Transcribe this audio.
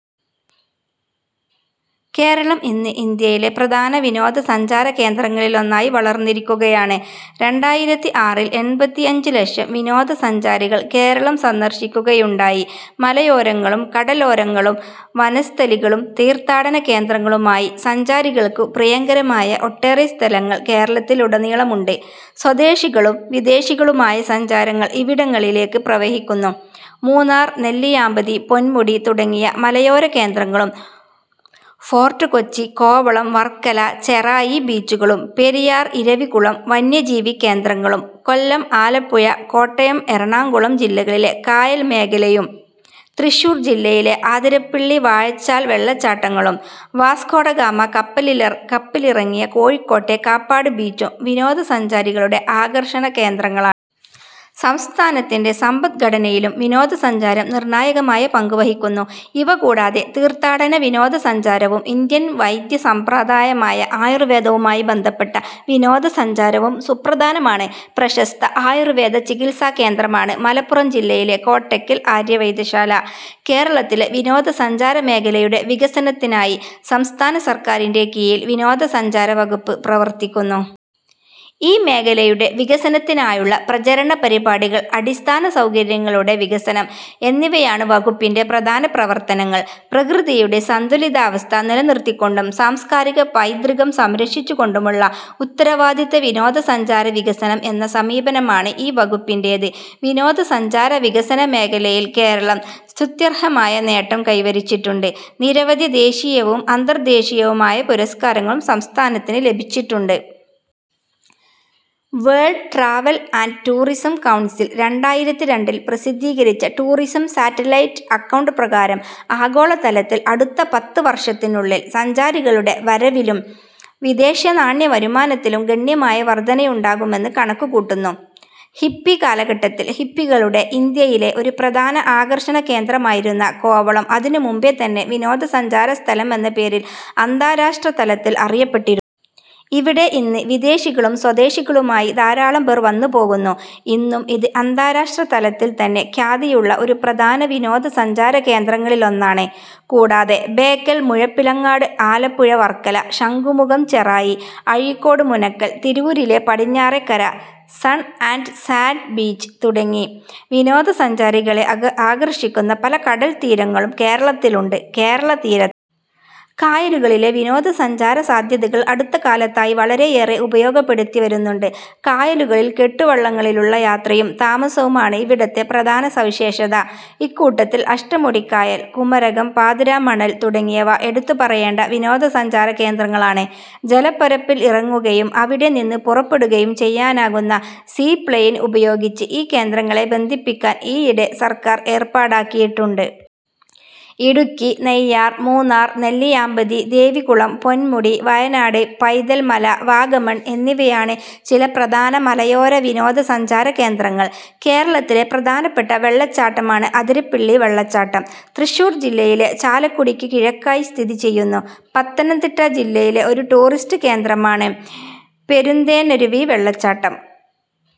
കേരളം ഇന്ന് ഇന്ത്യയിലെ പ്രധാന വിനോദസഞ്ചാരകേന്ദ്രങ്ങളിലൊന്നായി വളർന്നിരിക്കുകയാണ്. രണ്ടായിരത്തി ആറിൽ എൺപത്തിയഞ്ച് ലക്ഷം വിനോദസഞ്ചാരികൾ കേരളം സന്ദർശിക്കുകയുണ്ടായി. മലയോരങ്ങളും കടലോരങ്ങളും വനസ്ഥലികളും തീർത്ഥാടന കേന്ദ്രങ്ങളുമായി സഞ്ചാരികൾക്കു പ്രിയങ്കരമായ ഒട്ടേറെ സ്ഥലങ്ങൾ കേരളത്തിലുടനീളമുണ്ട്. സ്വദേശികളും വിദേശികളുമായ സഞ്ചാരികൾ ഇവിടങ്ങളിലേക്ക് പ്രവഹിക്കുന്നു. മൂന്നാർ നെല്ലിയാമ്പതി പൊന്മുടി തുടങ്ങിയ മലയോര കേന്ദ്രങ്ങളും ഫോർട്ട് കൊച്ചി കോവളം വർക്കല ചെറായി ബീച്ചുകളും പെരിയാർ ഇരവികുളം വന്യജീവി കേന്ദ്രങ്ങളും കൊല്ലം ആലപ്പുഴ കോട്ടയം എറണാകുളം ജില്ലകളിലെ കായൽ മേഖലയും തൃശ്ശൂർ ജില്ലയിലെ അതിരപ്പിള്ളി വാഴച്ചാൽ വെള്ളച്ചാട്ടങ്ങളും വാസ്കോഡഗാമ കപ്പലിറങ്ങിയ കോഴിക്കോട്ടെ കാപ്പാട് ബീച്ചും വിനോദസഞ്ചാരികളുടെ ആകർഷണ കേന്ദ്രങ്ങളാണ്. സംസ്ഥാനത്തിൻ്റെ സമ്പദ്ഘടനയിലും വിനോദസഞ്ചാരം നിർണായകമായ പങ്കു വഹിക്കുന്നു. ഇവ കൂടാതെ തീർത്ഥാടന വിനോദസഞ്ചാരവും ഇന്ത്യൻ വൈദ്യ സമ്പ്രദായമായ ആയുർവേദവുമായി ബന്ധപ്പെട്ട വിനോദസഞ്ചാരവും സുപ്രധാനമാണ്. പ്രശസ്ത ആയുർവേദ ചികിത്സാ കേന്ദ്രമാണ് മലപ്പുറം ജില്ലയിലെ കോട്ടയ്ക്കൽ ആര്യവൈദ്യശാല. കേരളത്തിലെ വിനോദസഞ്ചാര മേഖലയുടെ വികസനത്തിനായി സംസ്ഥാന സർക്കാരിൻ്റെ കീഴിൽ വിനോദസഞ്ചാര വകുപ്പ് പ്രവർത്തിക്കുന്നു. ഈ മേഖലയുടെ വികസനത്തിനായുള്ള പ്രചരണ പരിപാടികൾ അടിസ്ഥാന സൗകര്യങ്ങളുടെ വികസനം എന്നിവയാണ് വകുപ്പിൻ്റെ പ്രധാന പ്രവർത്തനങ്ങൾ. പ്രകൃതിയുടെ സന്തുലിതാവസ്ഥ നിലനിർത്തിക്കൊണ്ടും സാംസ്കാരിക പൈതൃകം സംരക്ഷിച്ചുകൊണ്ടുമുള്ള ഉത്തരവാദിത്ത വിനോദസഞ്ചാര വികസനം എന്ന സമീപനമാണ് ഈ വകുപ്പിന്റേത്. വിനോദസഞ്ചാര വികസന മേഖലയിൽ കേരളം സ്തുത്യർഹമായ നേട്ടം കൈവരിച്ചിട്ടുണ്ട്. നിരവധി ദേശീയവും അന്തർദേശീയവുമായ പുരസ്കാരങ്ങളും സംസ്ഥാനത്തിന് ലഭിച്ചിട്ടുണ്ട്. World travel and tourism council രണ്ടായിരത്തി രണ്ടിൽ പ്രസിദ്ധീകരിച്ച ടൂറിസം സാറ്റലൈറ്റ് അക്കൗണ്ട് പ്രകാരം ആഗോള തലത്തിൽ അടുത്ത പത്ത് വർഷത്തിനുള്ളിൽ സഞ്ചാരികളുടെ വരവിലും വിദേശനാണ്യ വരുമാനത്തിലും ഗണ്യമായ വർധനയുണ്ടാകുമെന്ന് കണക്കുകൂട്ടുന്നു. ഹിപ്പി കാലഘട്ടത്തിൽ ഹിപ്പികളുടെ ഇന്ത്യയിലെ ഒരു പ്രധാന ആകർഷണകേന്ദ്രമായിരുന്ന കോവളം അതിനു മുമ്പേതന്നെ വിനോദസഞ്ചാര സ്ഥലമെന്ന പേരിൽ അന്താരാഷ്ട്രതലത്തിൽ അറിയപ്പെട്ടിരുന്നു. ഇവിടെ ഇന്ന് വിദേശികളും സ്വദേശികളുമായി ധാരാളം പേർ വന്നുപോകുന്നു. ഇന്നും ഇത് അന്താരാഷ്ട്രതലത്തിൽത്തന്നെ ഖ്യാതിയുള്ള ഒരു പ്രധാന വിനോദസഞ്ചാരകേന്ദ്രങ്ങളിലൊന്നാണ്. കൂടാതെ ബേക്കൽ മുഴപ്പിലങ്ങാട് ആലപ്പുഴ വർക്കല ശംഖുമുഖം ചെറായി അഴീക്കോട് മുനക്കൽ തിരൂരിലെ Padinjarekkara sun and sand beach തുടങ്ങി വിനോദസഞ്ചാരികളെ ആകർഷിക്കുന്ന പല കടൽത്തീരങ്ങളും കേരളത്തിലുണ്ട്. കേരളതീരത്തെ കായലുകളിലെ വിനോദസഞ്ചാര സാധ്യതകൾ അടുത്തകാലത്തായി വളരെയേറെ ഉപയോഗപ്പെടുത്തിവരുന്നുണ്ട്. കായലുകളിൽ കെട്ടുവള്ളങ്ങളിലുള്ള യാത്രയും താമസവുമാണ് ഇവിടത്തെ പ്രധാന സവിശേഷത. ഇക്കൂട്ടത്തിൽ അഷ്ടമുടിക്കായൽ കുമരകം പാതിരാമണൽ തുടങ്ങിയവ എടുത്തുപറയേണ്ട വിനോദസഞ്ചാരകേന്ദ്രങ്ങളാണ്. ജലപ്പരപ്പിൽ ഇറങ്ങുകയും അവിടെ നിന്ന് പുറപ്പെടുകയും ചെയ്യാനാകുന്ന സീ പ്ലെയിൻ ഉപയോഗിച്ച് ഈ കേന്ദ്രങ്ങളെ ബന്ധിപ്പിക്കാൻ ഈയിടെ സർക്കാർ ഏർപ്പാടാക്കിയിട്ടുണ്ട്. ഇടുക്കി നെയ്യാർ മൂന്നാർ നെല്ലിയാമ്പതി ദേവികുളം പൊൻമുടി വയനാട് പൈതൽ മല വാഗമൺ എന്നിവയാണ് ചില പ്രധാന മലയോര വിനോദസഞ്ചാരകേന്ദ്രങ്ങൾ. കേരളത്തിലെ പ്രധാനപ്പെട്ട വെള്ളച്ചാട്ടമാണ് അതിരപ്പിള്ളി വെള്ളച്ചാട്ടം. തൃശ്ശൂർ ജില്ലയിലെ ചാലക്കുടിക്കു കിഴക്കായി സ്ഥിതി ചെയ്യുന്നു. പത്തനംതിട്ട ജില്ലയിലെ ഒരു ടൂറിസ്റ്റ് കേന്ദ്രമാണ് പെരുന്തേനരുവി വെള്ളച്ചാട്ടം.